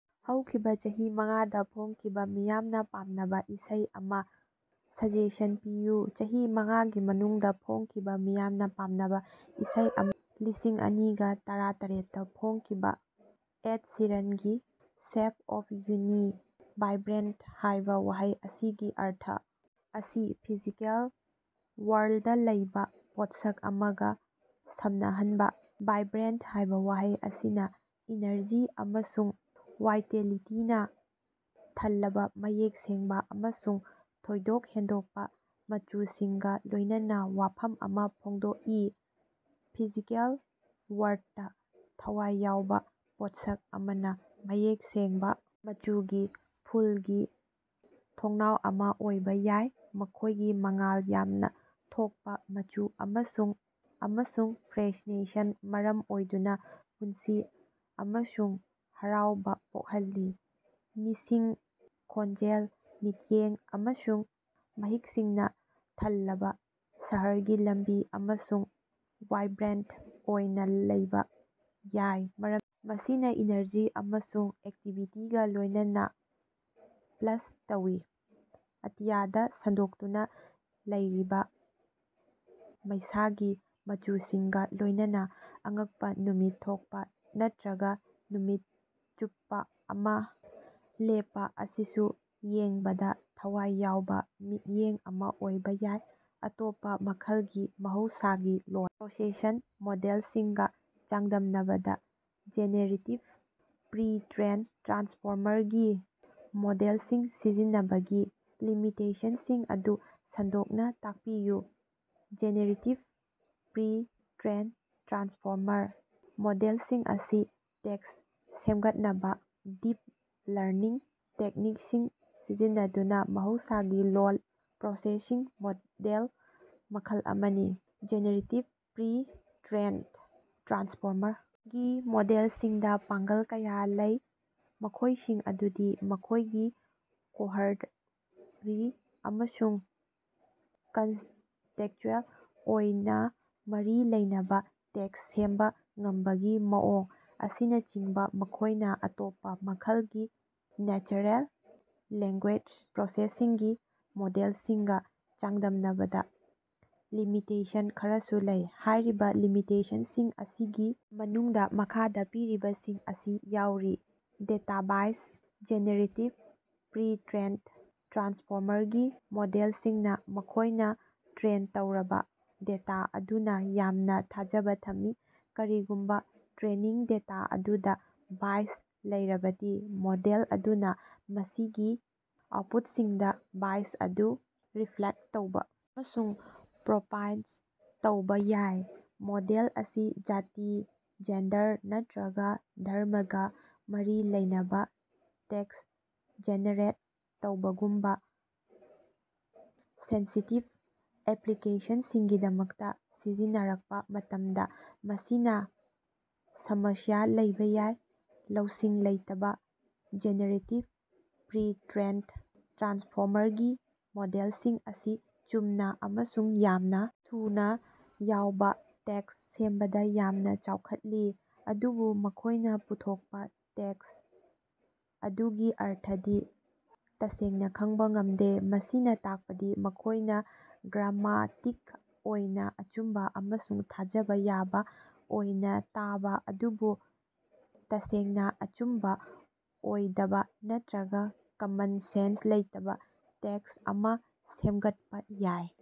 ꯍꯧꯈꯤꯕ ꯆꯍꯤ ꯃꯉꯥꯗ ꯐꯣꯡꯈꯤꯕ ꯃꯤꯌꯥꯝꯅ ꯄꯥꯝꯅꯕ ꯏꯁꯩ ꯑꯃ ꯁꯖꯦꯁꯟ ꯄꯤꯌꯨ꯫ ꯆꯍꯤ ꯃꯉꯥꯒꯤ ꯃꯅꯨꯡꯗ ꯐꯣꯡꯈꯤꯕ ꯃꯤꯌꯥꯝꯅ ꯄꯥꯝꯅꯕ ꯏꯁꯩ ꯑꯃꯗꯤ ꯂꯤꯁꯤꯡ ꯑꯅꯤꯒ ꯇꯔꯥꯇꯔꯦꯠꯇ ꯐꯣꯡꯈꯤꯕ ꯑꯦꯗ ꯁꯤꯔꯟꯒꯤ "ꯁꯦꯞ ꯑꯣꯐ ꯌꯨ" ꯅꯤ꯫ "ꯚꯥꯏꯕ꯭ꯔꯦꯟꯇ" ꯍꯥꯏꯕ ꯋꯥꯍꯩ ꯑꯁꯤꯒꯤ ꯑꯔꯊ ꯑꯁꯤ ꯐꯤꯖꯤꯀꯦꯜ ꯋꯥꯔꯜꯗꯗ ꯂꯩꯕ ꯄꯣꯠꯁꯛ ꯑꯃꯒ ꯁꯝꯅꯍꯟꯕ꯫ "ꯚꯥꯏꯕ꯭ꯔꯦꯟꯇ" ꯍꯥꯏꯕ ꯋꯥꯍꯩ ꯑꯁꯤꯅ ꯏꯅꯔꯖꯤ ꯑꯃꯁꯨꯡ ꯋꯥꯏꯇꯦꯂꯤꯇꯤꯅꯥ ꯊꯜꯂꯕ, ꯃꯌꯦꯛ ꯁꯦꯡꯕ ꯑꯃꯁꯨꯡ ꯊꯣꯏꯗꯣꯛ ꯍꯦꯟꯗꯣꯛꯄ ꯃꯆꯨꯁꯤꯡꯒ ꯂꯣꯏꯅꯅ ꯋꯥꯐꯝ ꯑꯃ ꯐꯣꯡꯗꯣꯛꯏ꯫ ꯐꯤꯖꯤꯀꯦꯜ ꯋꯥꯔꯗꯇ, ꯊꯋꯥꯏ ꯌꯥꯎꯕ ꯄꯣꯠꯁꯛ ꯑꯃꯅ ꯃꯌꯦꯛ ꯁꯦꯡꯕ ꯃꯆꯨꯒꯤ ꯐꯨꯜꯒꯤ ꯊꯣꯡꯅꯥꯎ ꯑꯃ ꯑꯣꯏꯕ ꯌꯥꯏ, ꯃꯈꯣꯏꯒꯤ ꯃꯉꯥꯜ ꯌꯥꯝꯅ ꯊꯣꯛꯄ ꯃꯆꯨ ꯑꯃꯁꯨꯡ ꯑꯃꯁꯨꯡ ꯐ꯭ꯔꯦꯁꯅꯦꯁꯅ ꯃꯔꯝ ꯑꯣꯏꯗꯨꯅ ꯄꯨꯟꯁꯤ ꯑꯃꯁꯨꯡ ꯍꯔꯥꯎꯕ ꯄꯣꯛꯍꯜꯂꯤ꯫ ꯃꯤꯁꯤꯡ, ꯈꯣꯟꯖꯦꯜ, ꯃꯤꯠꯌꯦꯡ ꯑꯃꯁꯨꯡ ꯃꯍꯤꯛꯁꯤꯡꯅ ꯊꯜꯂꯕ ꯁꯍꯔꯒꯤ ꯂꯝꯕꯤ ꯑꯃꯁꯨ ꯋꯥꯏꯕ꯭ꯔꯦꯟꯇ ꯑꯣꯏꯅ ꯂꯧꯕ ꯌꯥꯏ, ꯃꯔꯝꯗꯤ ꯃꯁꯤꯅ ꯏꯅꯔꯖꯤ ꯑꯃꯁꯨꯡ ꯑꯦꯛꯇꯤꯕꯤꯇꯤꯒ ꯂꯣꯏꯅꯅ ꯄ꯭ꯂꯁ ꯇꯧꯏ꯫ ꯑꯇꯤꯌꯥꯗ ꯁꯟꯗꯣꯛꯇꯨꯅ ꯂꯩꯔꯤꯕ ꯃꯩꯁꯥꯒꯤ ꯃꯆꯨꯁꯤꯡꯒ ꯂꯣꯏꯅꯅ ꯑꯉꯛꯄ ꯅꯨꯃꯤꯠ ꯊꯣꯛꯄ ꯅꯠꯇ꯭ꯔꯒ ꯅꯨꯃꯤꯠ ꯆꯨꯞꯄ ꯑꯃ ꯂꯦꯞꯄ ꯑꯁꯤꯁꯨ ꯌꯦꯡꯕꯗ ꯊꯋꯥꯏ ꯌꯥꯎꯕ ꯃꯤꯠꯌꯦꯡ ꯑꯃ ꯑꯣꯏꯕ ꯌꯥꯏ꯫ ꯑꯇꯣꯞꯄ ꯃꯈꯜꯒꯤ ꯃꯍꯧꯁꯥꯒꯤ ꯂꯣꯜ ꯄ꯭ꯔꯣꯁꯦꯁꯟ ꯃꯣꯗꯦꯜꯁꯤꯡꯒ ꯆꯥꯡꯗꯝꯅꯕꯗ ꯖꯦꯅꯦꯔꯦꯇꯤꯚ ꯄ꯭ꯔꯤ-ꯇ꯭ꯔꯦꯟꯗ ꯇ꯭ꯔꯥꯟꯁꯐꯣꯃꯔ ꯒꯤ ꯃꯣꯗꯦꯜꯁꯤꯡ ꯁꯤꯖꯤꯟꯅꯕꯒꯤ ꯂꯤꯃꯤꯇꯦꯁꯟꯁꯤꯡ ꯑꯗꯨ ꯁꯟꯗꯣꯛꯅ ꯇꯥꯛꯄꯤꯌꯨ꯫ ꯖꯦꯅꯦꯔꯦꯇꯤꯚ ꯄ꯭ꯔꯤ-ꯇ꯭ꯔꯦꯟꯗ ꯇ꯭ꯔꯥꯟꯁꯐꯣꯃꯔ ꯃꯣꯗꯦꯜꯁꯤꯡ ꯑꯁꯤ ꯇꯦꯛꯁ ꯁꯦꯝꯒꯠꯅꯕ ꯗꯤꯞ ꯂꯔꯅꯤꯡ ꯇꯦꯛꯅꯤꯛꯁꯤꯡ ꯁꯤꯖꯤꯟꯅꯗꯨꯅ ꯃꯍꯧꯁꯥꯒꯤ ꯂꯣꯜ ꯄ꯭ꯔꯣꯁꯦꯁꯤꯡ ꯃꯣꯗꯦꯜ ꯃꯈꯜ ꯑꯃꯅꯤ꯫ ꯖꯦꯅꯦꯔꯦꯇꯤꯚ ꯄ꯭ꯔꯤ-ꯇ꯭ꯔꯦꯟꯗ ꯇ꯭ꯔꯥꯟꯁꯐꯣꯃꯔ ꯒꯤ ꯃꯣꯗꯦꯜꯁꯤꯡꯗ ꯄꯥꯡꯒꯜ ꯀꯌꯥ ꯂꯩ, ꯃꯈꯣꯏꯁꯤꯡ ꯑꯗꯨꯗꯤ ꯃꯈꯣꯏꯒꯤ ꯀꯣꯍꯔꯤ ꯑꯃꯁꯨꯡ ꯀꯟꯇꯦꯛꯁꯆꯨꯑꯦꯜ ꯑꯣꯏꯅ ꯃꯔꯤ ꯂꯩꯅꯕ ꯇꯦꯛꯁ ꯁꯦꯝꯕ ꯉꯝꯕꯒꯤ ꯃꯑꯣꯡ ꯑꯁꯤꯅꯆꯤꯡꯕ, ꯃꯈꯣꯏꯅ ꯑꯇꯣꯞꯄ ꯃꯈꯜꯒꯤ ꯅꯦꯆꯔꯦꯜ ꯂꯦꯡꯒ꯭ꯌꯨꯑꯦꯁ ꯄ꯭ꯔꯣꯁꯦꯁꯤꯡꯒꯤ ꯃꯣꯗꯦꯜꯁꯤꯡꯒ ꯆꯥꯡꯗꯝꯅꯕꯗ ꯂꯤꯃꯤꯇꯦꯁꯟ ꯈꯔꯁꯨ ꯂꯩ꯫ ꯍꯥꯏꯔꯤꯕ ꯂꯤꯃꯤꯇꯦꯁꯟꯁꯤꯡ ꯑꯁꯤꯒꯤ ꯃꯅꯨꯡꯗ ꯃꯈꯥꯗ ꯄꯤꯔꯤꯕꯁꯤꯡ ꯑꯁꯤ ꯌꯥꯎꯔꯤ: ꯗꯦꯇꯥ ꯕꯥꯏꯁ: ꯖꯦꯅꯦꯔꯦꯇꯤꯚ ꯄ꯭ꯔꯤ-ꯇ꯭ꯔꯦꯟꯗ ꯇ꯭ꯔꯥꯟꯁꯐꯣꯃꯔꯒꯤ ꯃꯣꯗꯦꯜꯁꯤꯡꯅ ꯃꯈꯣꯢꯅ ꯇ꯭ꯔꯦꯟ ꯇꯧꯔꯕ ꯗꯦꯇꯥ ꯑꯗꯨꯗ ꯌꯥꯝꯅ ꯊꯥꯖꯕ ꯊꯝꯃꯤ꯫ ꯀꯔꯤꯒꯨꯝꯕ ꯇ꯭ꯔꯦꯅꯤꯡ ꯗꯦꯇꯥ ꯑꯗꯨꯗ ꯕꯥꯏꯁ ꯂꯩꯔꯕꯗꯤ ꯃꯣꯗꯦꯜ ꯑꯗꯨꯅ ꯃꯁꯤꯒꯤ ꯑꯥꯎꯠꯄꯨꯠꯁꯤꯡꯗ ꯕꯥꯏꯁ ꯑꯗꯨ ꯔꯤꯐ꯭ꯂꯦꯛꯇ ꯇꯧꯕ ꯑꯃꯁꯨꯡ ꯄ꯭ꯔꯣꯄꯥꯏꯖ ꯇꯧꯕ ꯌꯥꯏ꯫ ꯃꯣꯗꯦꯜ ꯑꯁꯤ ꯖꯥꯇꯤ, ꯖꯦꯟꯗꯔ ꯅꯠꯇ꯭ꯔꯒ ꯙꯔꯝꯃꯒ ꯃꯔꯤ ꯂꯩꯅꯕ ꯇꯦꯛꯁ ꯖꯦꯅꯦꯔꯦꯠ ꯇꯧꯕꯒꯨꯝꯕ ꯁꯦꯟꯁꯤꯇꯤꯚ ꯑꯦꯄ꯭ꯂꯤꯀꯦꯁꯟꯁꯤꯡꯒꯤꯗꯃꯛꯇ ꯁꯤꯖꯤꯟꯅꯔꯛꯄ ꯃꯇꯝꯗ ꯃꯁꯤꯅ ꯁꯃꯁ꯭ꯌꯥ ꯂꯩꯕ ꯌꯥꯏ꯫ ꯂꯧꯁꯤꯡ ꯂꯩꯇꯕ: ꯖꯦꯅꯦꯔꯦꯇꯤꯚ ꯄ꯭ꯔꯤ-ꯇ꯭ꯔꯦꯟꯗ ꯇ꯭ꯔꯥꯟꯁꯐꯣꯃꯔꯒꯤ ꯃꯣꯗꯦꯜꯁꯤꯡ ꯑꯁꯤ ꯆꯨꯝꯅ ꯑꯃꯁꯨꯡ ꯌꯥꯝꯅ ꯊꯨꯅ ꯌꯥꯎꯕ ꯇꯦꯛꯁ ꯁꯦꯝꯕꯗ ꯌꯥꯝꯅ ꯆꯥꯎꯈꯠꯂꯤ, ꯑꯗꯨꯕꯨ ꯃꯈꯣꯏꯅ ꯄꯨꯊꯣꯛꯄ ꯇꯦꯛꯁ ꯑꯗꯨꯒꯤ ꯑꯔꯊꯗꯤ ꯇꯁꯦꯡꯅ ꯈꯪꯕ ꯉꯝꯗꯦ ꯫ ꯃꯁꯤꯅ ꯇꯥꯛꯄꯗꯤ ꯃꯈꯣꯢꯅ ꯒ꯭ꯔꯥꯃꯥꯇꯤꯛ ꯑꯣꯏꯅ ꯑꯆꯨꯝꯕ ꯑꯃꯁꯨꯡ ꯊꯥꯖꯕ ꯌꯥꯕ ꯑꯣꯏꯅ ꯇꯥꯕ, ꯑꯗꯨꯕꯨ ꯇꯁꯦꯡꯅ ꯑꯆꯨꯝꯕ ꯑꯣꯏꯗꯕ, ꯅꯠꯇ꯭ꯔꯒ ꯀꯃꯟ ꯁꯦꯟꯁ ꯂꯩꯇꯕ ꯇꯦꯛꯁ ꯑꯃ ꯁꯦꯝꯒꯠꯄ ꯌꯥꯏ꯫